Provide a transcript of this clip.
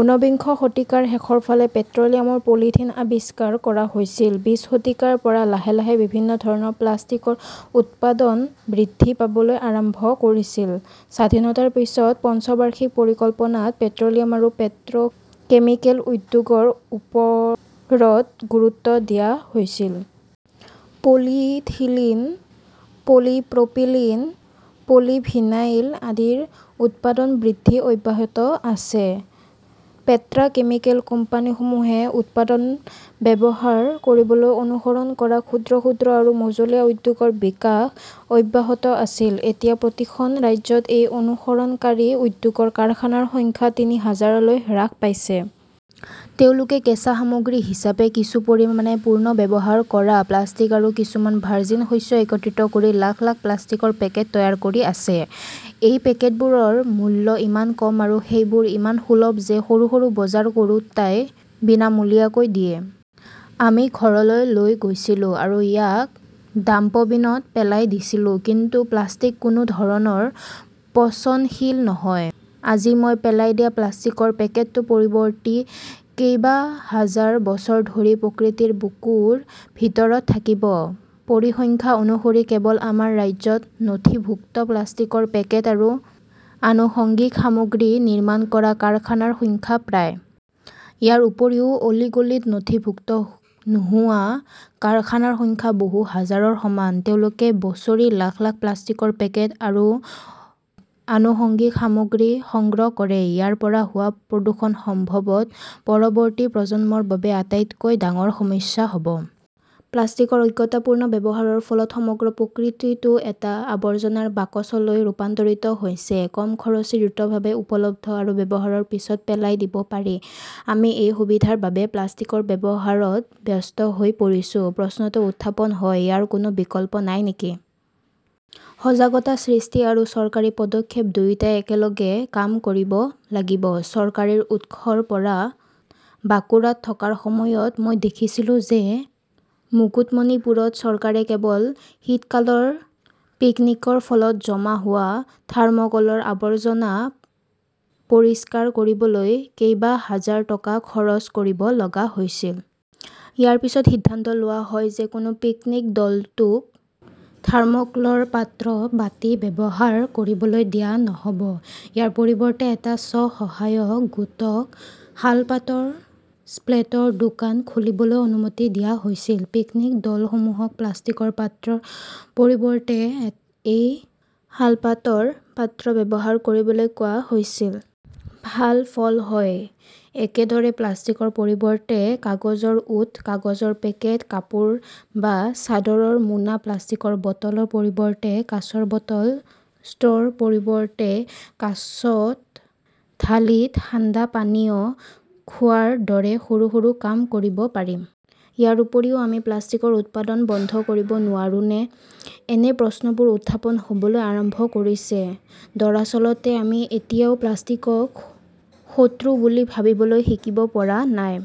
ঊনবিংশ শতিকাৰ শেষৰ ফালে পেট্ৰ'লিয়ামৰ পলিথিন আৱিষ্কাৰ কৰা হৈছিল। বিংশ শতিকাৰ পৰা লাহে - লাহে বিভিন্ন ধৰণৰ প্লাষ্টিকৰ উৎপাদন বৃদ্ধি পাবলৈ আৰম্ভ কৰিছিল। স্বাধীনতাৰ পিছৰ পঞ্চবাৰ্ষিক পৰিকল্পনাত পেট্ৰ'লিয়াম আৰু পেট্ৰ'কেমিকেল উদ্যোগৰ ওপৰত গুৰুত্ব দিয়া হৈছিল। পলিইথিলিন, পলিপ্ৰপিলিন, পলিভিনাইল আদিৰ উৎপাদন বৃদ্ধি অব্যাহত আছে। পেট্ৰাকেমিকেল কোম্পানীসমূহে উৎপাদন ব্যৱহাৰ কৰিবলৈ অনুসৰণ কৰা ক্ষুদ্ৰ-ক্ষুদ্ৰ আৰু মজলীয়া উদ্যোগৰ বিকাশ অব্যাহত আছিল। এতিয়া প্ৰতিখন ৰাজ্যত এই অনুসৰণকাৰী উদ্যোগৰ কাৰখানাৰ সংখ্যা তিনি হাজাৰলৈ হ্ৰাস পাইছে। তেওঁলোকে কেঁচা সামগ্ৰী হিচাপে কিছু পৰিমাণে পুনৰ্ব্যৱহাৰ কৰা প্লাষ্টিক আৰু কিছুমান ভাৰ্জিন শস্য একত্ৰিত কৰি লাখ - লাখ প্লাষ্টিকৰ পেকেট তৈয়াৰ কৰি আছে। এই পেকেটবোৰৰ মূল্য ইমান কম আৰু সেইবোৰ ইমান সুলভ যে সৰু সৰু বজাৰ কৰোঁতাই বিনামূলীয়াকৈ দিয়ে। আমি ঘৰলৈ লৈ গৈছিলো আৰু ইয়াক ডাম্পবিনত পেলাই দিছিলো। কিন্তু প্লাষ্টিক কোনো ধৰণে পচনশীল নহয়। আজি মই পেলাই দিয়া প্লাষ্টিকৰ পেকেটটো পৰৱৰ্তী কেইবাহাজাৰ বছৰ ধৰি প্ৰকৃতিৰ বুকুৰ ভিতৰত থাকিব। পৰিসংখ্যা অনুসৰি, কেৱল আমাৰ ৰাজ্যত নথিভুক্ত প্লাষ্টিকৰ পেকেট আৰু আনুষংগিক সামগ্ৰী নিৰ্মাণ কৰা কাৰখানাৰ সংখ্যা প্ৰায়। ইয়াৰ উপৰিও, অলিগলীত নথিভুক্ত নোহোৱা কাৰখানাৰ সংখ্যা বহু হাজাৰৰ সমান। তেওঁলোকে বছৰি লাখ লাখ প্লাষ্টিকৰ পেকেট আৰু আনুষঙ্গিক সামগ্ৰী সংগ্ৰহ কৰে। ইয়াৰ পৰা হোৱা প্ৰদূষণ সম্ভৱত পৰৱৰ্তী প্ৰজন্মৰ বাবে আটাইতকৈ ডাঙৰ সমস্যা হ'ব। প্লাষ্টিকৰ অজ্ঞতাপূৰ্ণ ব্যৱহাৰৰ ফলত সমগ্ৰ প্ৰকৃতিটো এটা আৱৰ্জনাৰ বাকচলৈ ৰূপান্তৰিত হৈছে। কম খৰচী, দ্ৰুতভাৱে উপলব্ধ আৰু ব্যৱহাৰৰ পিছত পেলাই দিব পাৰি আমি এই সুবিধাৰ বাবে প্লাষ্টিকৰ ব্যৱহাৰত ব্যস্ত হৈ পৰিছো। প্ৰশ্নটো উত্থাপন হয়, ইয়াৰ কোনো বিকল্প নাই নেকি? সজাগতা সৃষ্টি আৰু চৰকাৰী পদক্ষেপ দুয়োটাই একেলগে কাম কৰিব লাগিব। চাকৰিৰ উৎসৰ পৰা বাকুড়াত থকাৰ সময়ত, মই দেখিছিলো যে মুকুটমণিপুৰত চৰকাৰে কেৱল শীতকালৰ পিকনিকৰ ফলত জমা হোৱা থাৰ্মকলৰ আৱৰ্জনা পৰিষ্কাৰ কৰিবলৈ কেইবা হাজাৰ টকা খৰচ কৰিব লগা হৈছিল। ইয়াৰ পিছত সিদ্ধান্ত লোৱা হয় যে কোনো পিকনিক দলটোক থাৰ্মোক্লৰ পাত্ৰ, বাটি ব্যৱহাৰ কৰিবলৈ দিয়া নহ'ব। ইয়াৰ পৰিৱৰ্তে, এটা স্ব-সহায়ক গোটক শালপাতৰ প্লেটৰ দোকান খুলিবলৈ অনুমতি দিয়া হৈছিল। পিকনিক দলসমূহক প্লাষ্টিকৰ পাত্ৰৰ পৰিৱৰ্তে এই শালপাতৰ পাত্ৰ ব্যৱহাৰ কৰিবলৈ কোৱা হৈছিল। ভাল ফল হয়। একেদৰে, প্লাষ্টিকৰ পৰিৱৰ্তে কাগজৰ ওঁঠ, কাগজৰ পেকেট, কাপোৰ বা চাদৰৰ মোনা, প্লাষ্টিকৰ বটলৰ পৰিৱৰ্তে কাঁচৰ বটল, ষ্ট্ৰৰ পৰিৱৰ্তে কাঁচত ঢালি ঠাণ্ডা পানীয় খোৱাৰ দৰে সৰু - সৰু কাম কৰিব পাৰি। ইয়াৰ উপৰিও, আমি প্লাষ্টিকৰ উৎপাদন বন্ধ কৰিব নোৱাৰোনে? এনে প্ৰশ্নবোৰো উত্থাপন হ'বলৈ আৰম্ভ কৰিছে। দৰাচলতে আমি এতিয়াও প্লাষ্টিকক শত্ৰু বুলি ভাবিবলৈ শিকিব পৰা নাই।